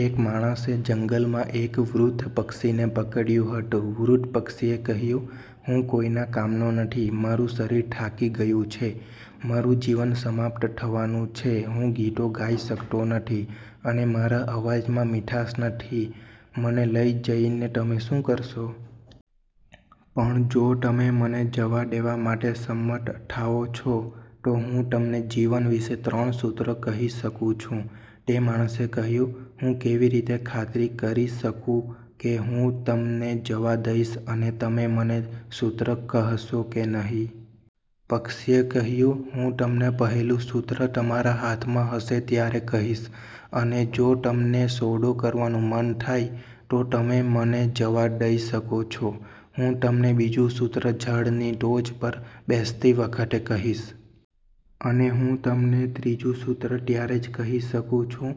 એક માણસે જંગલમાં એક વૃદ્ધ પક્ષીને પકડ્યું હતું. વૃદ્ધ પક્ષીએ કહ્યું: હું કોઈના કામનો નથી, મારું શરીર થાકી ગયું છે, મારું જીવન સમાપ્ત થવાનું છે, હું ગીતો ગાઈ શકતો નથી, અને મારા અવાજમાં મીઠાશ નથી, મને લઈ જઈને તમે શું કરશો? પણ જો તમે મને જવા દેવા માટે સંમત થાઓ છો, તો હું તમને જીવન વિશે ત્રણ સૂત્રો કહી શકું છું. તે માણસે કહ્યું: હું કેવી રીતે ખાતરી કરી શકું કે હું તમને જવા દઈશ અને તમે મને સૂત્રો કહેશો કે નહીં? પક્ષીએ કહ્યું: હું તમને પહેલું સૂત્ર તમારા હાથમાં હશે ત્યારે કહીશ. અને જો તમને સોદો કરવાનું મન થાય, તો તમે મને જવા દઈ શકો છો. હું તમને બીજું સૂત્ર ઝાડની ટોચ પર બેસતી વખતે કહીશ. અને હું તમને ત્રીજું સૂત્ર ત્યારે જ કહી શકું છું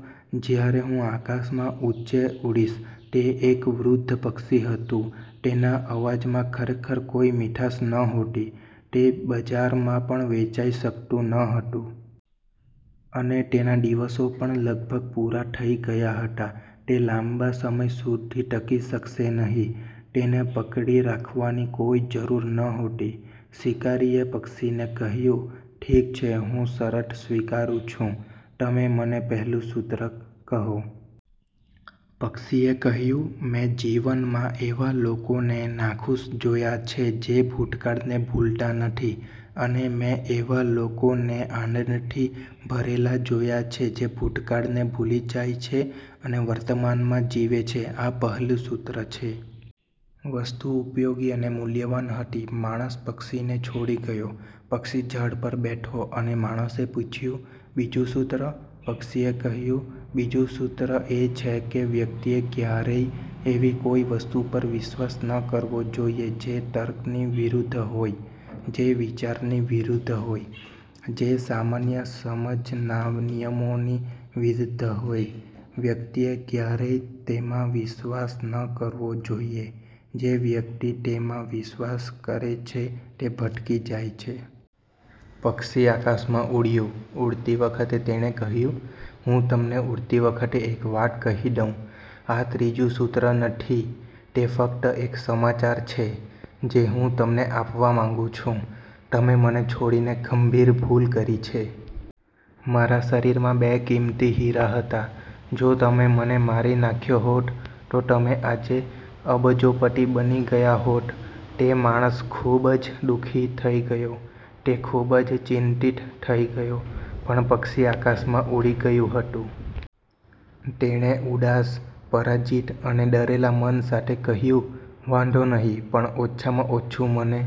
જ્યારે હું આકાશમાં ઊંચે ઉડીશ. તે એક વૃદ્ધ પક્ષી હતું, તેના અવાજમાં ખરેખર કોઈ મીઠાશ નહોતી, તે બજારમાં પણ વેચાઈ શકતું ન હતું. અને તેના દિવસો પણ લગભગ પૂરા થઈ ગયા હતા, તે લાંબા સમય સુધી ટકી શકશે નહીં. તેને પકડી રાખવાની કોઈ જરૂર નહોતી. શિકારીએ પક્ષીને કહ્યું: ઠીક છે, હું શરત સ્વીકારું છું. તમે મને પહેલું સૂત્ર કહો. પક્ષીએ કહ્યું: મેં જીવનમાં એવા લોકોને નાખુશ જોયા છે જે ભૂતકાળને ભૂલતા નથી. અને મેં એવા લોકોને આનંદથી ભરેલા જોયા છે જે ભૂતકાળને ભૂલી જાય છે અને વર્તમાનમાં જીવે છે, આ પહેલું સૂત્ર છે. વસ્તુ ઉપયોગી અને મૂલ્યવાન હતી. માણસ પક્ષીને છોડી ગયો. પક્ષી ઝાડ પર બેઠો અને માણસે પૂછ્યું, બીજું સૂત્ર? પક્ષીએ કહ્યું: બીજું સૂત્ર એ છે કે વ્યક્તિએ ક્યારેય એવી કોઈ વસ્તુ પર વિશ્વાસ ન કરવો જોઈએ જે તર્કની વિરુદ્ધ હોય, જે વિચારની વિરુદ્ધ હોય, જે સામાન્ય સમજના નિયમોની વિરુદ્ધ હોય, વ્યક્તિએ ક્યારેય તેમાં વિશ્વાસ ન કરવો જોઈએ, જે વ્યક્તિ તેમાં વિશ્વાસ કરે છે તે ભટકી જાય છે. પક્ષી આકાશમાં ઉડ્યું. ઉડતી વખતે તેણે કહ્યું: હું તમને ઉડતી વખતે એક વાત કહી દઉં, આ ત્રીજું સૂત્ર નથી, તે ફક્ત એક સમાચાર છે જે હું તમને આપવા માંગુ છું. તમે મને છોડીને ગંભીર ભૂલ કરી છે. મારા શરીરમાં બે કિંમતી હીરા હતા. જો તમે મને મારી નાખ્યો હોત, તો તમે આજે અબજોપતિ બની ગયા હોત. તે માણસ ખૂબ જ દુઃખી થઈ ગયો. તે ખૂબ જ ચિંતિત થઈ ગયો. પણ પક્ષી આકાશમાં ઉડી ગયું હતું. તેણે ઉદાસ, પરાજિત અને ડરેલા મન સાથે કહ્યું: વાંધો નહીં, પણ ઓછામાં ઓછું મને